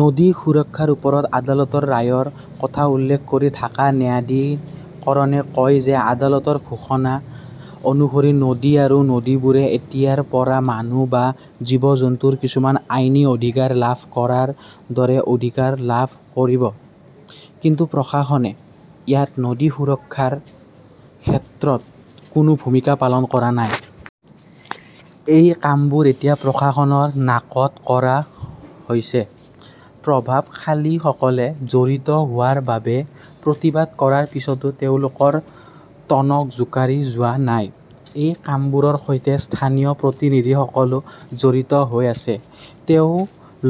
নদী সুৰক্ষাৰ ওপৰত আদালতৰ ৰায়ৰ কথা উল্লেখ কৰি ঢাকা ন্যায়াধিকৰণে কয় যে আদালতৰ ঘোষণা অনুসৰি নদী আৰু নদীবোৰে এতিয়াৰ পৰা মানুহ বা জীৱ-জন্তুৰ কিছুমান আইনী অধিকাৰ লাভ কৰাৰ দৰে অধিকাৰ লাভ কৰিব। কিন্তু প্ৰশাসনে ইয়াত নদী সুৰক্ষাৰ ক্ষেত্ৰত কোনো ভূমিকা পালন কৰা নাই। এই কামবোৰ এতিয়া প্ৰশাসনৰ নাকত কৰা হৈছে। প্ৰভাৱশালীসকলে জড়িত হোৱাৰ বাবে প্ৰতিবাদ কৰাৰ পিছতো তেওঁলোকৰ টনক জোকাৰি যোৱা নাই। এই কামবোৰৰ সৈতে স্থানীয় প্ৰতিনিধিসকলো জড়িত হৈ আছে। তেওঁ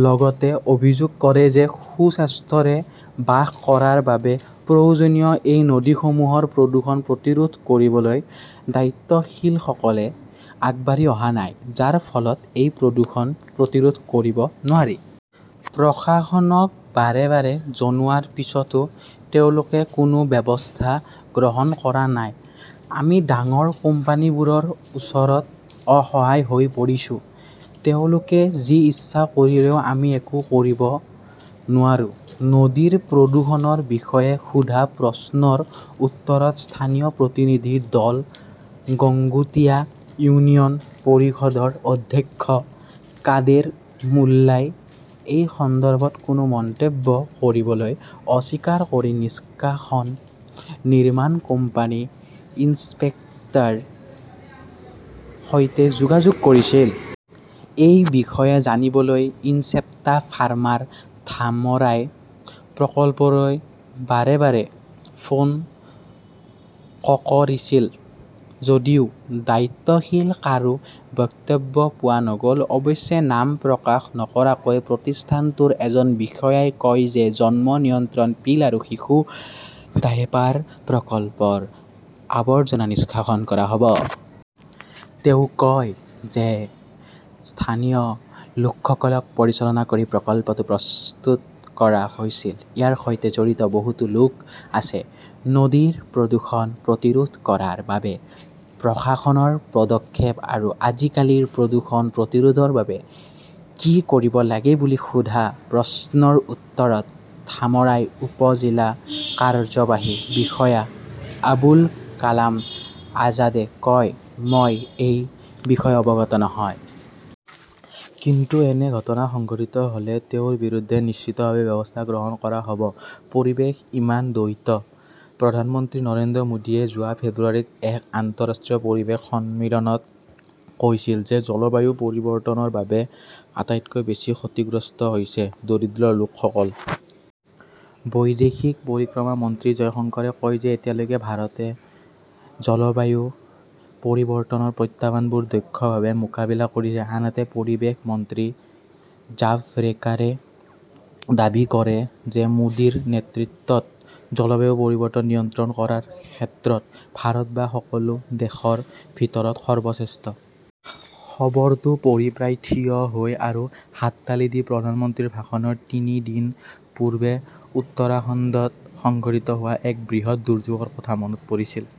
লগতে অভিযোগ কৰে যে সুস্বাস্থ্যৰে বাস কৰাৰ বাবে প্ৰয়োজনীয় এই নদীসমূহৰ প্ৰদূষণ প্ৰতিৰোধ কৰিবলৈ দায়িত্বশীলসকলে আগবাঢ়ি অহা নাই, যাৰ ফলত এই প্ৰদূষণ প্ৰতিৰোধ কৰিব নোৱাৰি। প্ৰশাসনক বাৰে -বাৰে জনোৱাৰ পিছতো তেওঁলোকে কোনো ব্যৱস্থা গ্ৰহণ কৰা নাই। আমি ডাঙৰ কোম্পানীবোৰৰ ওচৰত অসহায় হৈ পৰিছোঁ, তেওঁলোকে যি ইচ্ছা কৰিলেওঁ আমি একো কৰিব নোৱাৰো। নদীৰ প্ৰদূষণৰ বিষয়ে সোধা প্ৰশ্নৰ উত্তৰত স্থানীয় প্ৰতিনিধি দল গংগুটিয়া ইউনিয়ন পৰিষদৰ অধ্যক্ষ কাদেৰ মুল্লাই এই সন্দৰ্ভত কোনো মন্তব্য কৰিবলৈ অস্বীকাৰ কৰি নিষ্কাশন নিৰ্মাণ কোম্পানী ইনচেপ্টাৰ সৈতে যোগাযোগ কৰিছিল। এই বিষয়ে জানিবলৈ ইনচেপ্টা ফাৰ্মাৰ ধামৰাই প্ৰকল্পলৈ বাৰে- বাৰে ফোন ককৰিছিল যদিও দায়িত্বশীল কাৰো বক্তব্য পোৱা নগ'ল। অৱশ্যে, নাম প্ৰকাশ নকৰাকৈ প্ৰতিষ্ঠানটোৰ এজন বিষয়াই কয় যে জন্ম নিয়ন্ত্ৰণ পিল আৰু শিশু ডায়েপাৰ প্ৰকল্পৰ আৱৰ্জনা নিষ্কাশন কৰা হ 'ব। তেওঁ কয় যে স্থানীয় লোকসকলক পৰিচালনা কৰি প্ৰকল্পটো প্ৰস্তুত কৰা হৈছিল। ইয়াৰ সৈতে জড়িত বহুতো লোক আছে। নদীৰ প্ৰদূষণ প্ৰতিৰোধ কৰাৰ বাবে প্ৰশাসনৰ পদক্ষেপ আৰু আজিকালিৰ প্ৰদূষণ প্ৰতিৰোধৰ বাবে কি কৰিব লাগে বুলি সোধা প্ৰশ্নৰ উত্তৰত ধামৰাই উপ-জিলা কাৰ্যবাহী বিষয়া আবুল কালাম আজাদে কয় মই এই বিষয়ে অৱগত নহয়। কিন্তু এনে ঘটনা সংঘটিত হ'লে তেওঁৰ বিৰুদ্ধে নিশ্চিতভাৱে ব্যৱস্থা গ্ৰহণ কৰা হ'ব। পৰিৱেশ ইমান দ্বৈত? প্ৰধানমন্ত্ৰী নৰেন্দ্ৰ মোদীয়ে যোৱা ফেব্ৰুৱাৰীত এক আন্তঃৰাষ্ট্ৰীয় পৰিৱেশ সন্মিলনত কৈছিল যে জলবায়ু পৰিৱৰ্তনৰ বাবে আটাইতকৈ বেছি ক্ষতিগ্ৰস্ত হৈছে দৰিদ্ৰ লোকসকল। বৈদেশিক পৰিক্ৰমা মন্ত্ৰী জয়শংকৰে কয় যে এতিয়ালৈকে ভাৰতে জলবায়ু পৰিৱৰ্তনৰ প্ৰত্যাহ্বানবোৰ দক্ষভাৱে মোকাবিলা কৰিছে, আনহাতে পৰিৱেশ মন্ত্ৰী জাভড়েকাৰে দাবী কৰে যে মোদীৰ নেতৃত্বত জলবায়ু পৰিৱৰ্তন নিয়ন্ত্ৰণ কৰাৰ ক্ষেত্ৰত ভাৰত বা সকলো দেশৰ ভিতৰত সৰ্বশ্ৰেষ্ঠ। খবৰটো পঢ়ি প্ৰায় থিয় হৈ আৰু হাততালি দি প্ৰধানমন্ত্ৰীৰ ভাষণৰ তিনি দিন পূৰ্বে উত্তৰাখণ্ডত সংঘটিত হোৱা এক বৃহৎ দুৰ্যোগৰ কথা মনত পৰিছিল।